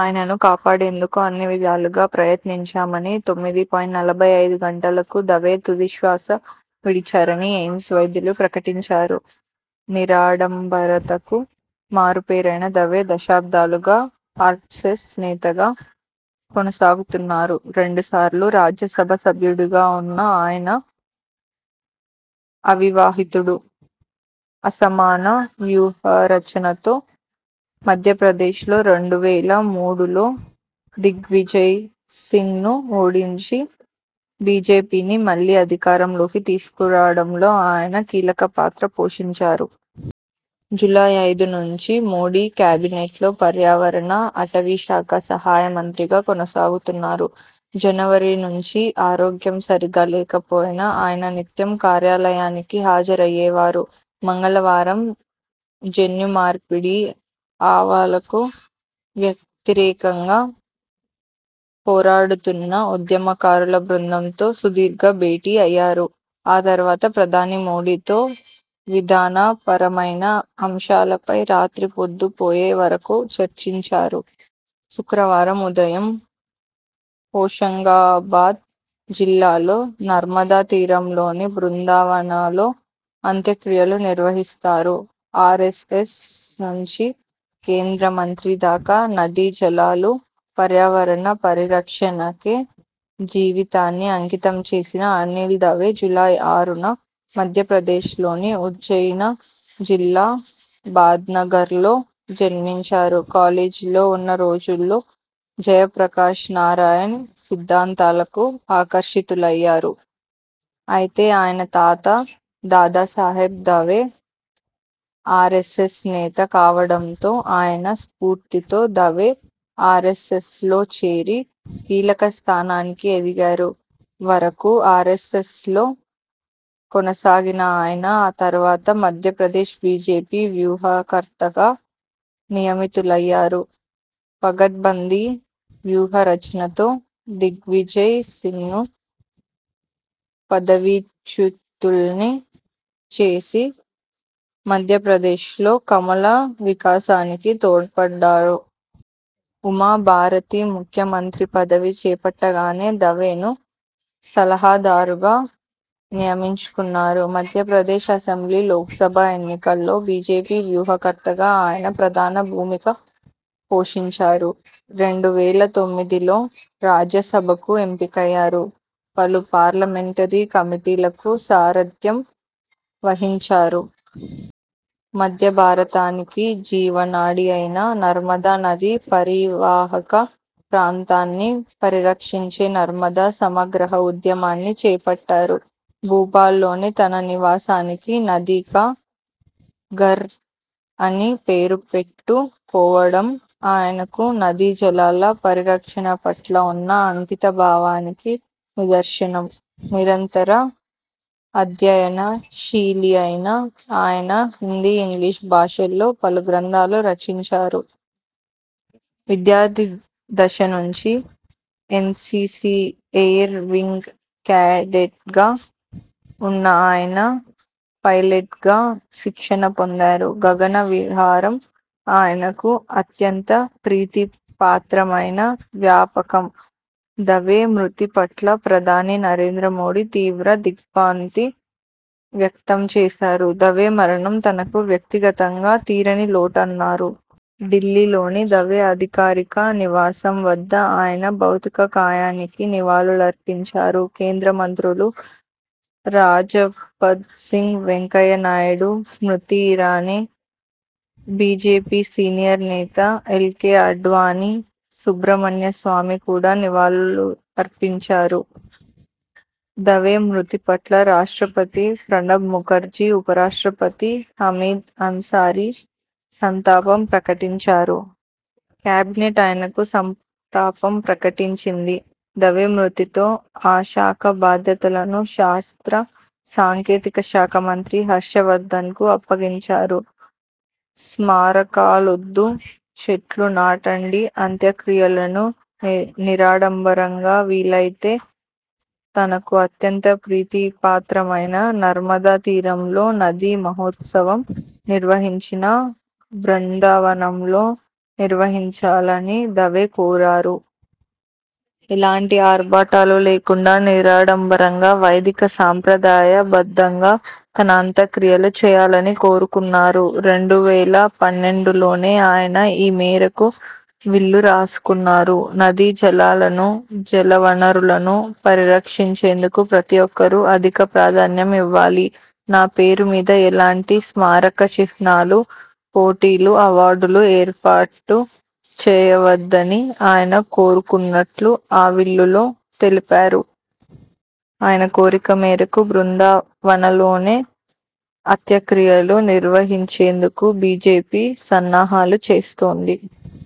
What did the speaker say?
ఆయనను కాపాడేందుకు అన్నివిధాలా ప్రయత్నించామని, తొమ్మిది పాయింట్ నలభై ఐదు గంటలకు దవే తుదిశ్వాస విడిచారని ఎయిమ్స్ వైద్యులు ప్రకటించారు. నిరాడంబరతకు మారుపేరైన దవే దశాబ్దాలుగా ఆర్ఎ్సఎస్ నేతగా కొనసాగుతున్నారు. రెండు సార్లు రాజ్యసభ సభ్యుడిగా ఉన్న ఆయన అవివాహితుడు. అసమాన వ్యూహరచనతో మధ్య ప్రదేశ్ లో రెండు వేల మూడులో దిగ్విజయ్ సింగ్ను ఓడించి, బీజేపీని మళ్లీ అధికారం లోకి తీసుకు రావడంలో ఆయన కీలక పాత్ర పోషించారు. జూలై ఐదు నుంచి మోదీ కేబినెట్లో పర్యావరణ, అటవీ శాఖ సహాయ మంత్రిగా కొనసాగుతున్నారు. జనవరి నుంచి ఆరోగ్యం సరిగా లేకపోయినా ఆయన నిత్యం కార్యాలయానికి హాజరయ్యేవారు. మంగళవారం జన్యుమార్పిడి ఆవాలకు వ్యతిరేకంగా పోరాడుతున్న ఉద్యమకారుల బృందంతో సుదీర్ఘ భేటీ అయ్యారు. ఆ తరవాత ప్రధాని మోదీతో విధాన పరమైన అంశాలపై రాత్రి పొద్దు పోయే వరకు చర్చించారు. శుక్రవారం ఉదయం హోషంగాబాద్ జిల్లాలో నర్మదా తీరంలోని బృందావనలో అంత్యక్రియలు నిర్వహిస్తారు. ఆర్ఎస్ఎస్ నుంచి కేంద్ర మంత్రి దాకా నదీ జలాలు, పర్యావరణ పరిరక్షణకే జీవితాన్ని అంకితం చేసిన అనిల్ దవే జూలై ఆరున మధ్యప్రదేశ్ లోని ఉజ్జయిన జిల్లా బాద్నగర్లో జన్మించారు. కాలేజీలో ఉన్న రోజుల్లో జయప్రకాశ నారాయణ్ సిద్ధాంతాలకు అకర్షితులయ్యారు. అయితే, ఆయన తాత దాదాసాహెబ్ దవే ఆర్ఎస్ఎస్ నేత కావడంతో ఆయన స్ఫూర్తితో దవే ఆర్ఎ్సఎ్సలో చేరి కీలక స్థానానికి ఎదిగారు. వరకు ఆర్ఎ్సఎ్సలో కొనసాగిన ఆయన ఆ తరువాత మధ్యప్రదేశ్ బీజేపీ వ్యూహకర్తగా నియమితులయ్యారు. పకడ్బందీ వ్యూహరచనతో దిగ్విజయ్ సింగ్ను పదవీచ్యుతుణ్ని చేసి, మధ్యప్రదేశ్ లో కమల వికాసానికి తోడ్పడ్డారు. ఉమా భారతి ముఖ్య మంత్రి పదవి చేపట్టగానే దవేను సలహాదారుగా నియమించుకున్నారు. మధ్య ప్రదేశ్ అసెంబ్లీ, లోక్సభ ఎన్నికల్లో బీజేపీ వ్యూహ కర్తగా ఆయన ప్రధాన భూమిక పోషించారు. రెండు వేల తొమ్మిదిలో రాజ్య సభకు ఎంపికయ్యారు. పలు పార్లమెంటరీ కమిటీలకు సారథ్యం వ హించారు. మధ్య భారతానికి జీవనాడి అయిన నర్మదా నది పరీవాహక ప్రాంతాన్ని పరిరక్షించే నర్మద సమగ్రహ ఉద్యమాన్ని చేపట్టారు. భోపాల్లోని తన నివాసానికి నదీ కా ఘర్ అని పేరు పెట్టు కోవడం ఆయనకు నదీ జలాల పరిరక్షణ పట్ల ఉన్న అంకిత భావానికి నిదర్శనం. నిరంతర అధ్యయన శీలి అయిన ఆయన హిందీ, ఇంగ్లిష్ భాషల్లో పలు గ్రంథాలు రచించారు. విద్యార్థి దశ నుంచి ఎన్సీసీ ఎయిర్ వింగ్ క్యాడెట్గా ఉన్న ఆయన పైలెట్గా శిక్షణ పొందారు. గగన విహారం ఆయనకు అత్యంత ప్రీతి పాత్రమైన వ్యాపకం. దవే మృతి పట్ల ప్రధాని నరేంద్ర మోదీ తీవ్ర దిగ్ర్భాంతి వ్యక్తం చేశారు. దవే మరణం తనకు వ్యక్తి గతంగా తీరని లోటన్నారు. ఢిల్లీ లోని దవే అధికారిక నివాసం వద్ద ఆయన భౌతిక కాయానికి నివాళులర్పించారు. కేంద్ర మంత్రులు రాజపద్ సింగ్, వెంకయ్య నాయుడు, స్మృతి ఇరానీ, బీజేపీ సీనియర్ నేత ఎల్కే ఆడ్వాణీ, సుబ్రమణ్య స్వామి కూడా నివాళులర్పించారు దవే మృతి పట్ల రాష్ట్రపతి ప్రణబ్ ముఖర్జీ, ఉప రాష్ట్రపతి హమీద్ అన్సారీ సంతాపం ప్రకటించారు. కేబినెట్ ఆయనకు సంతాపం ప్రకటించింది. దవే మృతితో ఆ శాఖ బాధ్యతలను శాస్త్ర సాంకేతిక శాఖ మంత్రి హర్ష వర్ధన్కు అప్పగించారు. స్మారకాలొద్దు, చెట్లు నాటండి అంత్యక్రియలను నీ నిరాడంబరంగా, వీలయితే తనకు అత్యంత ప్రీతి పాత్రమైన నర్మదా తీరంలో నదీ మహోత్సవం నిర్వహించిన బృందా వనంలో నిర్వహించాలని దవే కోరారు. ఎలాంటి ఆర్భాటాలు లేకుండా నిరాడంబరంగా, వైదిక సంప్రదాయ బద్ధంగా తన అంత్యక్రియలు చేయాలని కోరుకున్నారు. రెండు వేల పన్నెండులోనే ఆయన ఈ మేరకు విల్లు రాసుకున్నారు. 'నదీ జలాలను, జలవనరులను పరిరక్షించేందుకు ప్రతి ఒక్కరూ అధిక ప్రాధాన్యం ఇవ్వాలి. నా పేరు మీద ఎలాంటి స్మారక చిహ్నాలు, పోటీలు, అవార్డులు ఏర్పాటు చేయవద్ద'ని ఆయన కోరుకున్నట్టు ఆ విల్లులో తెలిపారు. ఆయన కోరిక మేరకు, బృందా వనలోనే అత్యక్రియలు నిర్వహించేందుకు బీజేపీ సన్నాహాలు చేస్తోంది.